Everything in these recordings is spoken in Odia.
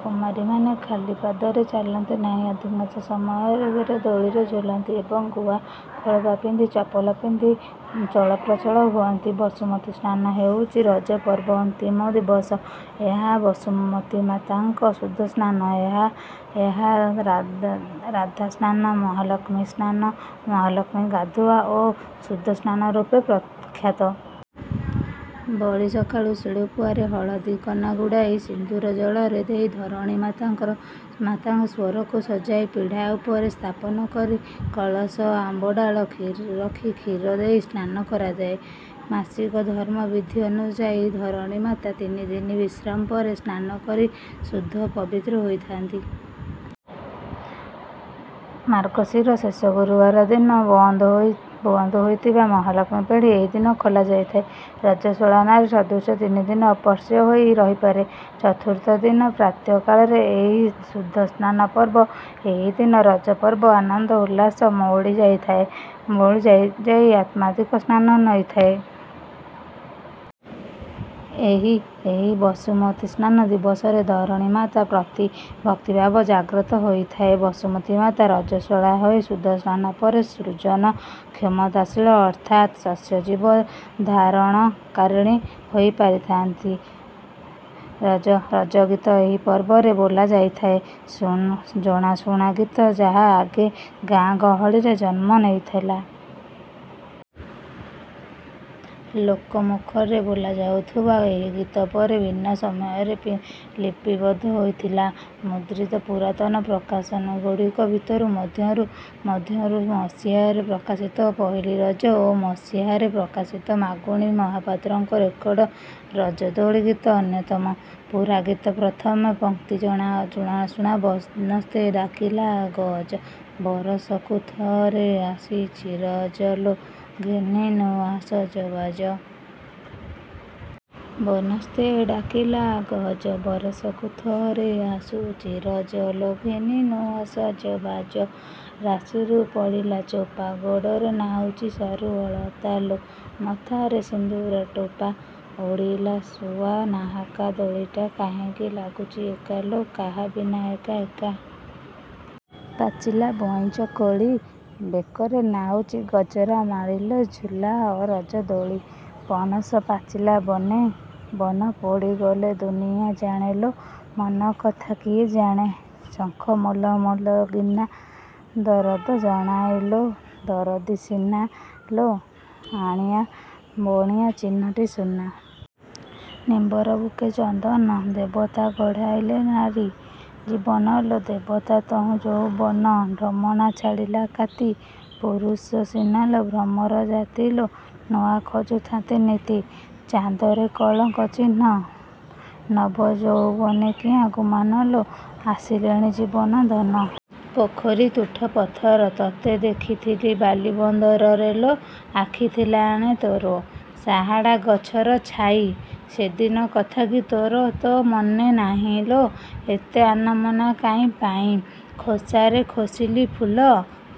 କୁମାରୀମାନେ ଖାଲି ପାଦରେ ଚାଲନ୍ତି ନାହିଁ, ଅଧିକାଂଶ ସମୟ ଦୋଳିରେ ଝୁଲନ୍ତି ଏବଂ ଗୁଆ ଖୋଳପା କିମ୍ବା ଚପଲ ପିନ୍ଧି ଚଳପ୍ରଚଳ ହୁଅନ୍ତି। ବସୁମତୀ ସ୍ନାନ ହେଉଛି ରଜ ପର୍ବର ଅନ୍ତିମ ଦିବସ। ଏହା ବସୁଧାମାତାଙ୍କ ଶୁଦ୍ଧ ସ୍ନାନ। ଏହା ଧରାସ୍ନାନ, ମହାଲକ୍ଷ୍ମୀ ସ୍ନାନ, ମହାଲକ୍ଷ୍ମୀ ଗାଧୁଆ ଓ ଶୁଦ୍ଧ ସ୍ନାନ ରୂପେ ପ୍ରଖ୍ୟାତ। ବଡ଼ି ସକାଳୁ ଶିଳପୁଆରେ ହଳଦୀ କନା ଗୁଡ଼ାଇ ସିନ୍ଦୂର, କଜଳ ଦେଇ ଧରଣୀ ମାତାଙ୍କ ସ୍ୱରୂକୁ ସଜାଇ ପିଢ଼ା ଉପରେ ସ୍ଥାପନା କରି କଳସ ଆମ୍ବ ଡ଼ାଳ ରଖି କ୍ଷୀର ଦେଇ ସ୍ନାନ କରାଯାଏ। ମାସିକ ଧର୍ମର ବିଧି ଅନୁଯାୟୀ ଧରଣୀ ମାତା ତିନିଦିନ ବିଶ୍ରାମ ପରେ ସ୍ନାନ କରି ଶୁଦ୍ଧ ପବିତ୍ର ହୋଇଥା'ନ୍ତି। ମାର୍ଗଶୀର ଶେଷ ଗୁରୁବାର ଦିନ ବନ୍ଦ ହୋଇଥିବା ମହାଲକ୍ଷ୍ମୀ ପେଡ଼ି ଏହି ଦିନ ଖୋଲାଯାଇଥାଏ। ରଜସ୍ୱଳାନାରୀ ସଦୃଶ ତିନିଦିନ ଅସ୍ପୃଶ୍ୟ ହୋଇ ରହିବାପରେ ଚତୁର୍ଥ ଦିନ ପ୍ରାତଃ କାଳରେ ଏହି ଶୁଦ୍ଧ ସ୍ନାନ ପର୍ବ। ଏହି ଦିନ ରଜପର୍ବର ଆନନ୍ଦ ଉଲ୍ଲାସ ମଉଳି ଯାଇ ଆଧ୍ୟାତ୍ମିକତା ସ୍ଥାନ ନେଇଥାଏ। ଏହି ବସୁମତୀ ସ୍ନାନ ଦିବସରେ ଧରଣୀ ମାତା ପ୍ରତି ଭକ୍ତିଭାବ ଜାଗ୍ରତ ହୋଇଥାଏ। ବସୁମାତା ରଜସ୍ୱଳା ହୋଇ ଶୁଦ୍ଧସ୍ନାନ ପରେ ସୃଜନ କ୍ଷମତାଶୀଳା ଅର୍ଥାତ ଶସ୍ୟ ବୀଜ ଧାରଣକାରିଣୀ ହୋଇପାରିଥାନ୍ତି। ରଜଗୀତ ଏହି ପର୍ବରେ ବୋଲା ଯାଉଥିବା ଜଣାଶୁଣା ଗୀତ ଯାହା ଆଗେ ଗାଆଁଗହଳିରେ ଜନ୍ମ ନେଇଥିଲା। ଲୋକ ମୁଖରେ ବୋଲାଯାଉଥିବା ଏହି ଗୀତ ପରେ ବିଭିନ୍ନ ସମୟରେ ଲିପିବଦ୍ଧ ହୋଇଥିଲା। ମୁଦ୍ରିତ ପୁରାତନ ପ୍ରକାଶନଗୁଡ଼ିକ ଭିତରୁ ମଧ୍ୟରୁ ମସିହାରେ ପ୍ରକାଶିତ ପହିଲି ରଜ ଓ ମସିହାରେ ପ୍ରକାଶିତ ମାଗୁଣୀ ମହାପାତ୍ରଙ୍କ ରେକର୍ଡ ରଜଦୋଳି ଗୀତ ଅନ୍ୟତମ। ପୂରା ଗୀତର ପ୍ରଥମ ପଙ୍କ୍ତି ଜଣାଶୁଣା: " ବନସ୍ତେ ଡାକିଲା ଗଜ, ବରଷକେ ଥରେ ଆସିଛି ରଜ ଲୋ, ଘେନି ନୂଆ ସଜବାଜ "। ବନସ୍ତେ ଡାକିଲା ଗଜ, ବରଷକେ ଥରେ ଆସିଛି ରଜ ଲୋ, ଘେନି ନୂଆ ସଜବାଜ। ରାଶିରୁ ଛାଡ଼ିଲା ଚୋପା, ଗୋଡ଼ରେ ନାଇଛୁ ସରୁ ଅଳତା ଲୋ, ମଥାରେ ସିନ୍ଦୂର ଟୋପା। ଉଡ଼ିଲା ଶୁଆ ନାହାକା, ଦୋଳିଟା କାହିଁକି ଲାଗୁଛି ଏକା ଲୋ, କାହା ବିନା ଏକା ଏକା। ପାଚିଲା ଭଇଁଚ କୋଳି, ବେକରେ ନାଇଚି ଗଜରା ମାଳି ଲୋ, ଝୁଲାଅ ରଜର ଦୋଳି। ପଣସ ପାଚିଲା ବନେ, ବନ ପୋଡ଼ିଗଲେ ଦୁନିଆ ଜାଣେ ଲୋ, ମନକଥା କିଏ ଜାଣେ। ଶଙ୍ଖ ମଲମଲ ଗିନା, ଦରଦ ଜାଣେଲୋ ଦରଦୀ ସିନା ଲୋ, ବଣିଆ ଚିହ୍ନେଟି ସୁନା। ନିମ୍ବର ବୁକେ ଚନ୍ଦନ, ଦେବତା ଗଢ଼ାଇଲା ନାରୀ ଜୀବନ ଲୋ, ଦେଲା ତହିଁ ଯଉବନ। ଢମଣା ଛାଡ଼ିଲା କାତି, ପୁରୁଷ ସିନାଲୋ ଭ୍ରମର ଜାତି ଲୋ, ନୂଆ ଖୋଜୁଥାନ୍ତି ନିତି। ଚାନ୍ଦରେ କଳଙ୍କ ଚିହ୍ନ, ନବ ଯଉବନି କିଆଁ ଗୁମାନ ଲୋ, ଆସିଲେଣି ଜୀବ ଧନ। ପୋଖରୀ ତୁଠ ପଥର, ତତେ ଦେଖିଥିଲି ବାଲି ବନ୍ଧରେ ଲୋ, ଆଖି ଥିଲା ଏଣେ ତୋର। ସାହାଡ଼ା ଗଛର ଛାଇ, ସେଦିନ କଥାକି ତୋ ମନେ ନାଇଁ ଲୋ, ଏତେ ଆନମନା କାହିଁପାଇଁ। ଖୋସାରେ ଖୋସିଲି ଫୁଲ,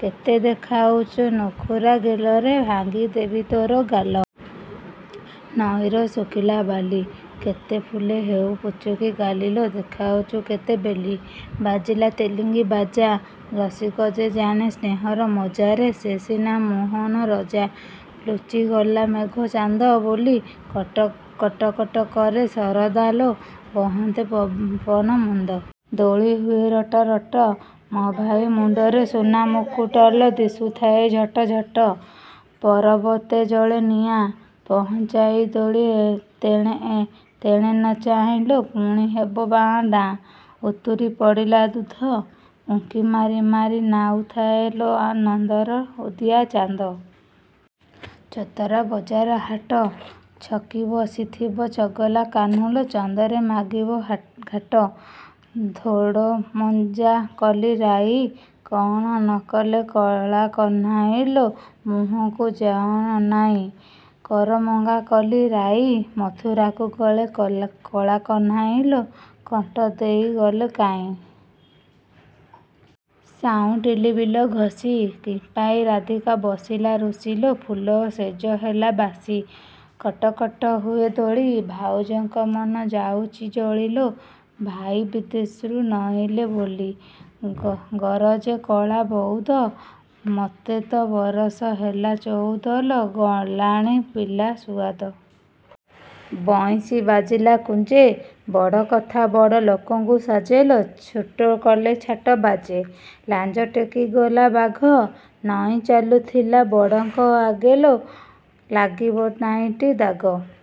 କେତେ ଦେଖାଉଛୁ ନୁଖୁରା ଗେଲରେ, ଭାଙ୍ଗି ଦେବି ତୋର ଗାଲ। ନଈର ଶୁଖିଲା ବାଲି, କେତେ ଫୁଲି ହେଉ ପୁଚୁକିଗାଲି ଲୋ, ଦେଖାଉଛୁ କେତେ ବେଲି। ବାଜିଲା ତେଲିଙ୍ଗି ବାଜା, ରସିକ ଯେ ଜାଣେ ସ୍ନେହର ମଜା ରେ, ସେ ସିନା ମୋମନ ରଜା। ଲୁଚିଗଲା ମେଘେ ଚାନ୍ଦ, ଦୋଳି କଟକଟ କରେ ଶବଦ ଲୋ, ବହନ୍ତେ ପବନ ମନ୍ଦ। ଦୋଳି ହୁଏ ରଟରଟ, ମୋ ଭାଇ ମୁଣ୍ଡରେ ସୁନା ମୁକୁଟ ଲୋ, ଦିଶୁଥାଏ ଝଟଝଟ। ପରବତେ ଜଳେ ନିଆଁ, ପହଞ୍ଚାଇ ଦୋଳି ତେଣେ ନ ଚାହାଁ ଲୋ, ପୁଣି ହେବ ବାଆଁ ଡାଁ। ଉତୁରି ପଡ଼ିଲା ଦୁଧ, ଉଙ୍କି ମାରି ମାରି ଅନାଉ ଥାଏ ଲୋ, ନନ୍ଦର ଉଦିଆ ଚାନ୍ଦ। ଛତରା ବଜାର ହାଟ, ଛକି ବସିଥିବ ଚଗଲା କାହ୍ନୁଲୋ, ଛନ୍ଦରେ ମାଗିବ ଘାଟ। ଥୋଡ଼ମଞ୍ଜା କଲି ରାଇ, କଣ ନ କଲେ କଳା କହ୍ନାଇ ଲୋ, ମୁହଁକୁ ଯା ନ ଅନାଇ। କରମଙ୍ଗା କଲି ରାଇ, ମଥୁରାକୁ ଗଲେ କଳା କହ୍ନାଇ ଲୋ, କଣ୍ଟ ଦେଇ ଗଲେ କାହିଁ। ସାଉଁଟିଲି ବିଲ ଘଷି, କିମ୍ପାଇଁ ରାଧିକା ବସିଲା ରୁଷି ଲୋ, ଫୁଲ ଶେଜ ହେଲା ବାସି। କଟକଟ ହୁଏ ଦୋଳି, ଭାଉଜଙ୍କ ମନ ଯାଇଛି ଜଳି ଲୋ, ଭାଇ ବିଦେଷୁ ନଇଁଲେ ବୋଲି। ଗରଜେ କଳା ବଉଦ, ମୋତେ ତ ବରଷ ହେଲା ଚଉଦ ଲୋ, ଗଲାଣି ପିଲା ସୁଆଦ। ବଇଁଶୀ ବାଜିଲା କୁଞ୍ଜେ, ବଡ଼କଥା ବଡ଼ ଲୋକଙ୍କୁ ସାଜେ ଲୋ, ଛୋଟ କଲେ ଛାଟ ବାଜେ। ଲାଞ୍ଜ ଟେକିଗଲା ବାଘ, ନଇଁ ଚାଲୁଥିବ ବଡ଼ଙ୍କ ଆଗେ ଲୋ, ଲାଗିବ ନାହିଁଟି ଦାଗ।